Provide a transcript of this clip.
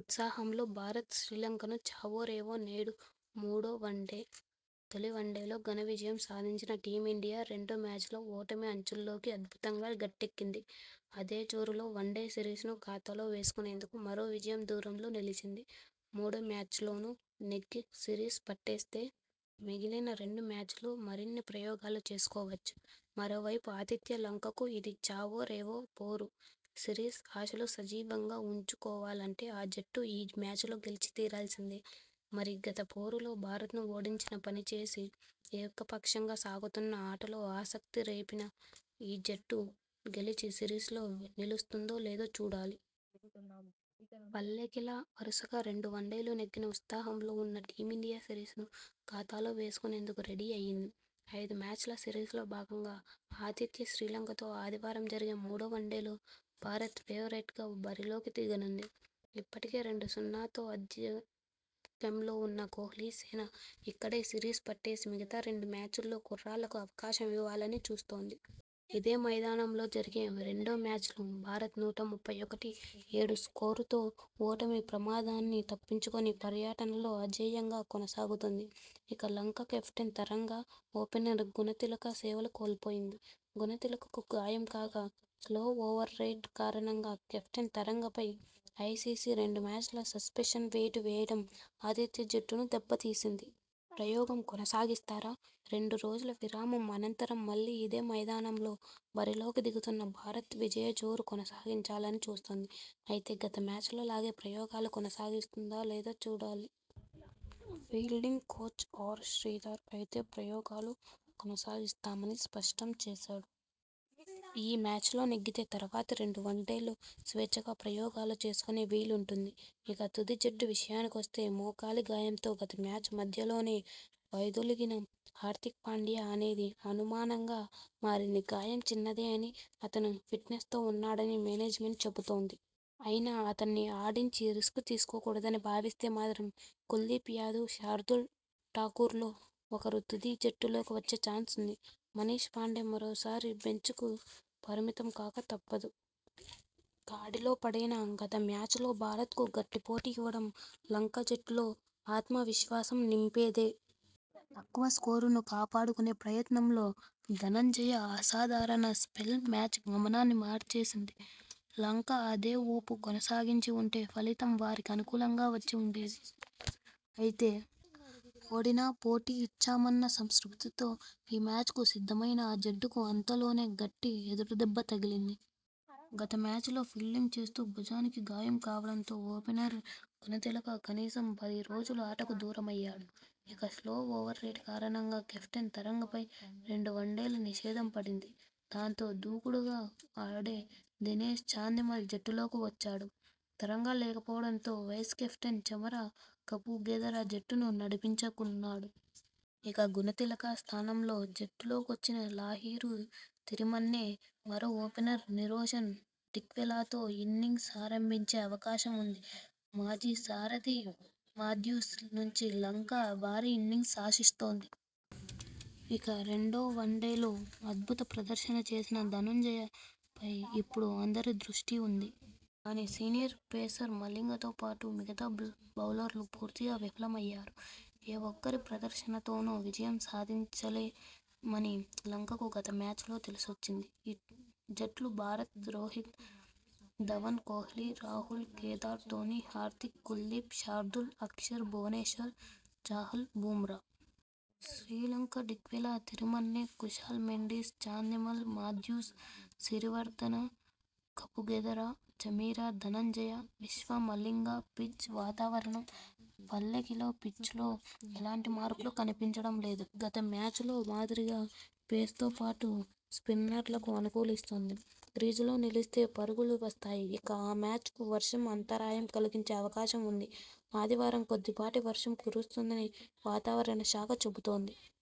ఉత్సాహంలో భారత్, శ్రీలంకకు చావో రేవో నేడు మూడో వన్డే, తొలి వన్డేలో ఘన విజయం సాధించిన టీమిండియా రెండో మ్యాచ్లో ఓటమి అంచుల్లోంచి అద్భుతంగా గట్టెక్కింది! అదే జోరులో వన్డే సిరీస్నూ ఖాతాలో వేసుకునేందుకు మరో విజయం దూరంలో నిలిచింది..! మూడో మ్యాచ్లోనూ నెగ్గి సిరీస్ పట్టేస్తే.. మిగిలిన రెండు మ్యాచ్ల్లో మరిన్ని ప్రయోగాలు చేసుకోవచ్చు..! మరోవైపు ఆతిథ్య లంకకు ఇది చావో రేవో పోరు! సిరీస్ ఆశలు సజీవంగా ఉంచుకోవాలంటే.. ఆ జట్టు ఈ మ్యాచ్లో గెలిచి తీరాల్సిందే..! మరి గత పోరులో భారత్ను ఓడించినంత పనిచేసి, ఏకపక్షంగా సాగుతున్న ఆటలో ఆసక్తి రేపిన ఈ జట్టు, గెలిచి సిరీస్లో నిలుస్తుందో లేదో చూడాలి..! పల్లెకెలె వరుసగా రెండు వన్డేలు నెగ్గిన ఉత్సాహం లో ఉన్న టీమిండియా సిరీస్ను ఖాతాలో వేసుకునేందుకు రెడీ అయింది. ఐదు మ్యాచ్ల సిరీస్లో భాగంగా ఆతిథ్య శ్రీలంకతో ఆదివారం జరిగే మూడో వన్డేలో భారత్ ఫేవరెట్గా బరిలోకి దిగనుంది. ఇప్పటికే రెండు-సున్నాతో ఆధిక్యంలో ఉన్న కోహ్లీసేన ఇక్కడే సిరీస్ పట్టేసి మిగతా రెండు మ్యాచ్లల్లో కుర్రాళ్లకు అవకాశం ఇవ్వాలని చూస్తోంది. ఇదే మైదానంలో జరిగిన రెండో మ్యాచ్లో భారత్ నూట ముప్పై ఒకటి, ఏడు స్కోరుతో ఓటమి ప్రమాదాన్ని తప్పించుకొని పర్యటనలో అజేయంగా కొనసాగుతోంది. ఇక లంక కెప్టెన్ తరంగ, ఓపెనర్ గుణతిలక సేవలు కోల్పోయింది. గుణతిలకకు గాయం కాగా, స్లో ఓవర్రేట్ కారణంగా కెప్టెన్ తరంగపై ఐసీసీ రెండు మ్యాచ్ల సస్పెన్షన్ వేటు వేయడం ఆతిథ్య జట్టును దెబ్బతీసింది. ప్రయోగం కొనసాగిస్తారా.. రెండు రోజుల విరామం అనంతరం మళ్లీ ఇదే మైదానంలో బరిలోకి దిగుతున్న భారత్ విజయ జోరు కొనసాగించాలని చూస్తోంది. అయితే, గత మ్యాచ్లో లాగే ప్రయోగాలు కొనసాగిస్తుందా లేదా చూడాలి. ఫీల్డింగ్ కోచ్ ఆర్ శ్రీధర్ అయితే ప్రయోగాలు కొనసాగిస్తామని స్పష్టం చేశాడు. ఈ మ్యాచ్లో నెగ్గితే తర్వాతి రెండు వన్డేల్లో స్వేచ్ఛగా ప్రయోగాలు చేసుకునే వీలుంటుంది. ఇక, తుది జట్టు విషయానికొస్తే మోకాలి గాయంతో గత మ్యాచ్ మధ్యలోనే వైదొలిగిన హార్దిక్ పాండ్యా ఆడేది అనుమానంగా మారింది. గాయం చిన్నదే అని, అతను ఫిట్నెస్తో ఉన్నాడని మేనేజ్మెంట్ చెబుతోంది. అయినా.. అతణ్ణి ఆడించి రిస్క్ తీసుకోకూడదని భావిస్తే మాత్రం కుల్దీప్ యాదవ్, శార్దూల్ ఠాకూర్లో ఒకరు తుది జట్టులోకి వచ్చే చాన్స్ ఉంది. మనీష్ పాండే మరోసారి బెంచ్కు పరిమితం కాక తప్పదు. గాడిలో పడేనా.. గత మ్యాచ్లో భారత్కు గట్టి పోటీ ఇవ్వడం లంక జట్టులో ఆత్మవిశ్వాసం నింపేదే. తక్కువ స్కోరును కాపాడుకునే ప్రయత్నంలో ధనంజయ అసాధారణ స్పెల్ మ్యాచ్ గమనాన్ని మార్చేసింది. లంక అదే ఊపు కొనసాగించి ఉంటే ఫలితం వారికి అనుకూలంగా వచ్చి ఉండేది. అయితే ఓడినా.. పోటీ ఇచ్చామన్న సంతృప్తితో ఈ మ్యాచ్కు సిద్ధమైన ఆ జట్టుకు అంతలోనే గట్టి ఎదురుదెబ్బ తగిలింది. గత మ్యాచ్లో ఫీల్డింగ్ చేస్తూ భుజానికి గాయం కావడంతో ఓపెనర్ గుణతిలక కనీసం పది రోజులు ఆటకు దూరమయ్యాడు. ఇక, స్లో ఓవర్ రేట్ కారణంగా కెప్టెన్ తరంగపై రెండు వన్డేల నిషేధం పడింది. దాంతో, దూకుడుగా ఆడే దినేష్ చాందిమల్ జట్టులోకి వచ్చాడు. తరంగ లేకపోవడంతో వైస్ కెప్టెన్ చమర కపుగెదర జట్టును నడిపించనున్నాడు. ఇక, గుణతిలక స్థానంలో జట్టులోకొచ్చిన లాహిరు తిరిమన్నె.. మరో ఓపెనర్ నిరోషన్ డిక్వెలాతో ఇన్నింగ్స్ ఆరంభించే అవకాశం ఉంది. మాజీ సారథి మాథ్యూస్ నుంచి లంక భారీ ఇన్నింగ్స్ ఆశిస్తోంది. ఇక, రెండో వన్డేలో అద్భుత ప్రదర్శన చేసిన ధనంజయపై ఇప్పుడు అందరి దృష్టి ఉంది. కానీ, సీనియర్ పేసర్ మలింగతో పాటు మిగతా బౌలర్లు పూర్తిగా విఫలమయ్యారు. ఏ ఒక్కరి ప్రదర్శనతోనో విజయం సాధించలే మని లంకకు గత మ్యాచ్లో తెలిసొచ్చింది. జట్లు భారత్ రోహిత్, ధవన్, కోహ్లీ, రాహుల్, కేదార్, ధోనీ, హార్దిక్, కుల్దీప్, శార్దూల్, అక్షర్, భువనేశ్వర్, చాహల్, బుమ్రా. శ్రీలంక డిక్వెలా, తిరిమన్నె, కుశాల్ మెండిస్, చాందిమల్, మాథ్యూస్, సిరివర్దన, కపుగెదెర, చమీర, ధనంజయ, విశ్వ, మలింగ. పిచ్ వాతావరణం పల్లెకెలె పిచ్లో ఎలాంటి మార్పులు కనిపించడం లేదు. గత మ్యాచ్లో మాదిరిగా పేస్తో పాటు స్పిన్నర్లకూ అనుకూలిస్తుంది. క్రీజులో నిలిస్తే పరుగులూ వస్తాయి. ఇక, ఈ మ్యాచ్కూ వర్షం అంతరాయం కలిగించే అవకాశం ఉంది. ఆదివారం కొద్దిపాటి వర్షం కురుస్తుందని వాతావరణ శాఖ చెబుతోంది.